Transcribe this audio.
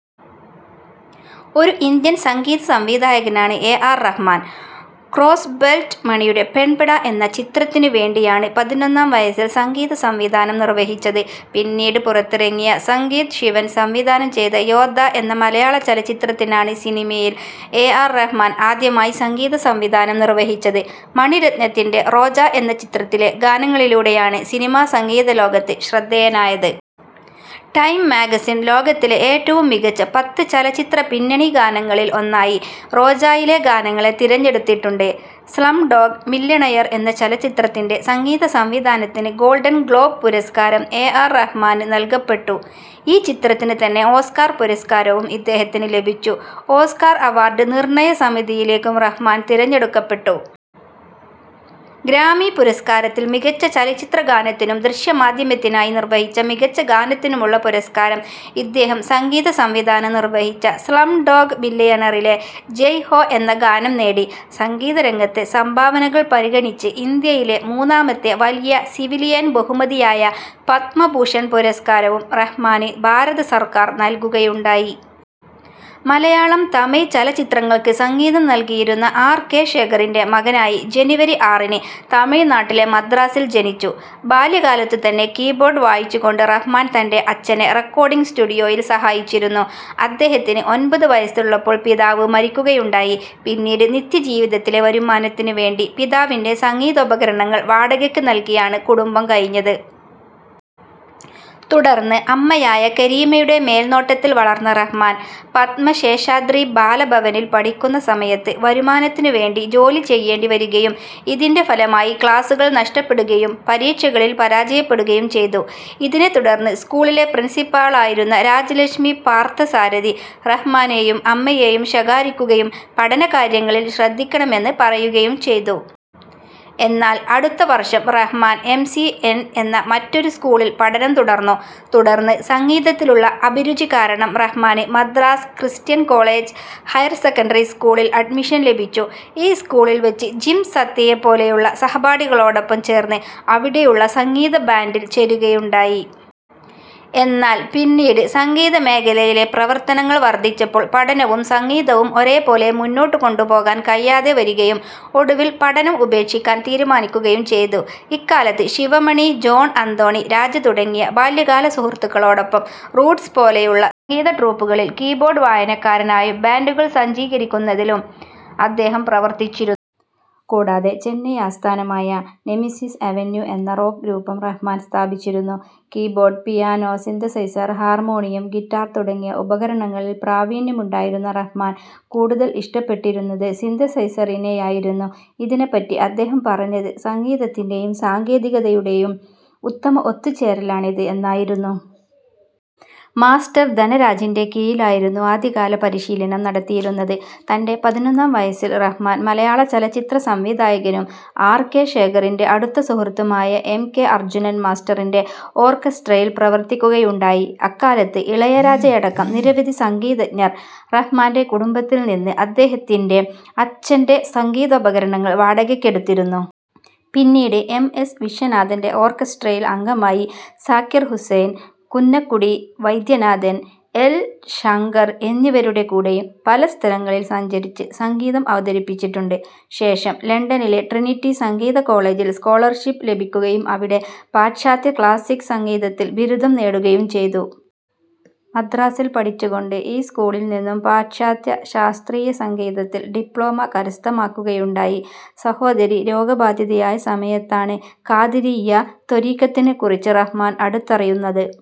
ഒരു ഇന്ത്യൻ സംഗീതസംവിധായകനാണ് A. R. Rahman. Crossbelt മണിയുടെ പെൺപട എന്ന ചിത്രത്തിനു വേണ്ടിയാണ് പതിനൊന്നാം വയസ്സിൽ സംഗീതസംവിധാനം നിർവഹിച്ചത് .പിന്നീട് പുറത്തിറങ്ങിയ സംഗീത് ശിവൻ സംവിധാനം ചെയ്ത യോദ്ധാ എന്ന മലയാളചലച്ചിത്രത്തിനാണ് സിനിമയിൽ എ. ആർ. റഹ്മാൻ ആദ്യമായി സംഗീതസംവിധാനം നിർവഹിച്ചത്. മണിരത്നത്തിന്റെ റോജാ എന്ന ചിത്രത്തിലെ ഗാനങ്ങളിലൂടെയാണ് സിനിമാ സംഗീതലോകത്ത് ശ്രദ്ധേയനായത്. ടൈം മാഗസിൻ ലോകത്തിലെ ഏറ്റവും മികച്ച പത്ത് ചലച്ചിത്രപിന്നണിഗാനങ്ങളിൽ ഒന്നായി റോജായിലെ ഗാനങ്ങളെ തിരഞ്ഞെടുത്തിട്ടുണ്ട്. സ്ലംഡോഗ് മില്ല്യണയർ എന്ന ചലച്ചിത്രത്തിന്റെ സംഗീതസംവിധാനത്തിന് ഗോൾഡൻ ഗ്ലോബ് പുരസ്കാരം എ. ആർ. റഹ്മാന് നൽകപ്പെട്ടു ഈ ചിത്രത്തിന് തന്നെ ഓസ്കാർ പുരസ്കാരവും ഇദ്ദേഹത്തിന് ലഭിച്ചു. ഓസ്കാർ അവാർഡ് നിർണയ സമിതിയിലേക്കും റഹ്മാൻ തിരഞ്ഞെടുക്കപ്പെട്ടു. ഗ്രാമി പുരസ്കാരത്തിൽ മികച്ച ചലച്ചിത്രഗാനത്തിനും, ദൃശ്യമാദ്ധ്യമത്തിനായി നിർവ്വഹിച്ച മികച്ച ഗാനത്തിനുമുള്ള പുരസ്കാരം ഇദ്ദേഹം സംഗീത സംവിധാനം നിർവ്വഹിച്ച സ്ലം ഡോഗ് മില്യയണറിലെ ജയ് ഹോ എന്ന ഗാനം നേടി. സംഗീത രംഗത്തെ സംഭാവനകൾ പരിഗണിച്ച് ഇന്ത്യയിലെ മൂന്നാമത്തെ വലിയ സിവിലിയൻ ബഹുമതിയായ പത്മഭൂഷൺ പുരസ്കാരവും റഹ്മാന് ഭാരത സർക്കാർ നൽകുകയുണ്ടായി. മലയാളം, തമിഴ് ചലച്ചിത്രങ്ങൾക്ക് സംഗിതം നൽകിയിരുന്ന ആർ. കെ. ശേഖറിന്റെ മകനായി ജനുവരി ആറിന് തമിഴ്നാട്ടിലെ മദ്രാസിൽ ജനിച്ചു. ബാല്യകാലത്തുതന്നെ കീബോർഡ് വായിച്ചുകൊണ്ട് റഹ്മാൻ തന്റെ അച്ഛനെ റെക്കോർഡിങ് സ്റ്റുഡിയോയിൽ സഹായിച്ചിരുന്നു. അദ്ദേഹത്തിന് ഒൻപത് വയസ്സുള്ളപ്പോൾ പിതാവ് മരിക്കുകയുണ്ടായി. പിന്നീട് നിത്യജീവിതത്തിലെ വരുമാനത്തിന് വേണ്ടി പിതാവിന്റെ സംഗിതോപകരണങ്ങൾ വാടകയ്ക്ക് നൽകിയാണ് കുടുംബം കഴിഞ്ഞത്. തുടർന്ന് അമ്മയായ കരീമയുടെ മേൽനോട്ടത്തിൽ വളർന്ന റഹ്മാൻ, പത്മ ശേഷാദ്രി ബാല ഭവനിൽ പഠിക്കുന്ന സമയത്ത് വരുമാനത്തിനുവേണ്ടി ജോലി ചെയ്യേണ്ടി വരികയും ഇതിന്റെ ഫലമായി ക്ലാസ്സുകൾ നഷ്ടപ്പെടുകയും പരീക്ഷകളിൽ പരാജയപ്പെടുകയും ചെയ്തു. ഇതിനെത്തുടർന്ന് സ്കൂളിലെ പ്രിൻസിപ്പാളായിരുന്ന രാജലക്ഷ്മി പാർത്ഥസാരഥി, റഹ്മാനെയും അമ്മയെയും ശകാരിക്കുകയും പഠനകാര്യങ്ങളിൽ ശ്രദ്ധിക്കണമെന്ന് പറയുകയും ചെയ്തു. എന്നാൽ അടുത്തവർഷം റഹ്മാൻ, എം. സി. എൻ എന്ന മറ്റൊരു സ്കൂളിൽ പഠനം തുടർന്നു. തുടർന്ന് സംഗീതത്തിലുള്ള അഭിരുചി കാരണം റഹ്മാന് Madras Christian College higher secondary സ്കൂളിൽ അഡ്മിഷൻ ലഭിച്ചു. ഈ സ്കൂളിൽ വച്ച് ജിം സത്യയെപ്പോലെയുള്ള സഹപാഠികളോടൊപ്പം ചേർന്ന് അവിടെയുള്ള സംഗീത ബാന്റിൽ ചേരുകയുണ്ടായി. എന്നാൽ പിന്നീട് സംഗീതമേഖലയിലെ പ്രവർത്തനങ്ങൾ വർധിച്ചപ്പോൾ പഠനവും സംഗീതവും ഒരേപോലെ മുന്നോട്ടുകൊണ്ടുപോകാൻ കഴിയാതെ വരികയും ഒടുവിൽ പഠനം ഉപേക്ഷിക്കാൻ തീരുമാനിക്കുകയും ചെയ്തു. ഇക്കാലത്ത് ശിവമണി, ജോൺ അന്തോണി, രാജ തുടങ്ങിയ ബാല്യകാല സുഹൃത്തുക്കളോടൊപ്പം " റൂട്ട്സ് " പോലെയുള്ള സംഗീത ട്രൂപ്പുകളിൽ കീബോർഡ് വായനക്കാരനായും ബാൻഡുകൾ സജ്ജീകരിക്കുന്നതിലും അദ്ദേഹം പ്രവർത്തിച്ചിരുന്നു. കൂടാതെ ചെന്നൈ ആസ്ഥാനമായ " നെമിസിസ് അവെന്യു " എന്ന റോക്ക് ഗ്രൂപ്പും റഹ്മാൻ സ്ഥാപിച്ചിരുന്നു. Keyboard, piano, synthesiser, harmonium, guitar തുടങ്ങിയ ഉപകരണങ്ങളിൽ പ്രാവീണ്യമുണ്ടായിരുന്ന റഹ്മാൻ, കൂടുതൽ ഇഷ്ടപ്പെട്ടിരുന്നത് സിന്തസൈസറിനെയായിരുന്നു. ഇതിനെപറ്റി അദ്ദേഹം പറഞ്ഞത് " സംഗീതത്തിന്റേയും സാങ്കേതികതയുടേയും ഉത്തമ ഒത്തുചേരലാണിത് " എന്നായിരുന്നു. മാസ്റ്റർ ധനരാജിന്റെ കീഴിലായിരുന്നു ആദ്യകാല പരിശീലനം നടത്തിയിരുന്നത്. തന്റെ പതിനൊന്നാം വയസ്സിൽ റഹ്മാൻ, മലയാള ചലച്ചിത്ര സംവിധായകനും ആർ. കെ. ശേഖറിന്റെ അടുത്ത സുഹൃത്തുമായ എം. കെ. അർജുനൻ മാസ്റ്ററിന്റെ ഓർക്കസ്ട്രയിൽ പ്രവർത്തിക്കുകയുണ്ടായി. അക്കാലത്ത് ഇളയരാജയടക്കം നിരവധി സംഗീതഞ്ജർ റഹ്മാന്റെ കുടുംബത്തിൽ നിന്ന് അദ്ദേഹത്തിന്റെ അച്ഛന്റെ സംഗീതോപകരണങ്ങൾ വാടകയ്ക്കെടുത്തിരുന്നു. പിന്നീട് എം. എസ്. വിശ്വനാഥന്റെ ഓർക്കസ്ട്രയിൽ അംഗമായി. സാക്കിർ ഹുസൈൻ, കുന്നക്കുടി വൈദ്യനാഥൻ, എൽ. ശങ്കർ എന്നിവരുടെ കൂടെയും പല സ്ഥലങ്ങളിൽ സഞ്ചരിച്ച് സംഗീതം അവതരിപ്പിച്ചിട്ടുണ്ട്. ശേഷം ലണ്ടനിലെ ട്രിനിറ്റി സംഗീത കോളേജിൽ സ്കോളർഷിപ്പ് ലഭിക്കുകയും അവിടെ പാശ്ചാത്യ ക്ലാസിക്ക് സംഗീതത്തിൽ ബിരുദം നേടുകയും ചെയ്തു. മദ്രാസിൽ പഠിച്ചുകൊണ്ട്, ഈ സ്കൂളിൽ നിന്നും പാശ്ചാത്യ ശാസ്ത്രീയ സംഗീതത്തിൽ ഡിപ്ലോമ കരസ്ഥമാക്കുകയുണ്ടായി. സഹോദരി രോഗബാധിതയായ സമയത്താണ് ഖാദിരിയ്യ ത്വരീഖത്തിനെക്കുറിച്ച് റഹ്മാൻ അടുത്തറിയുന്നത്.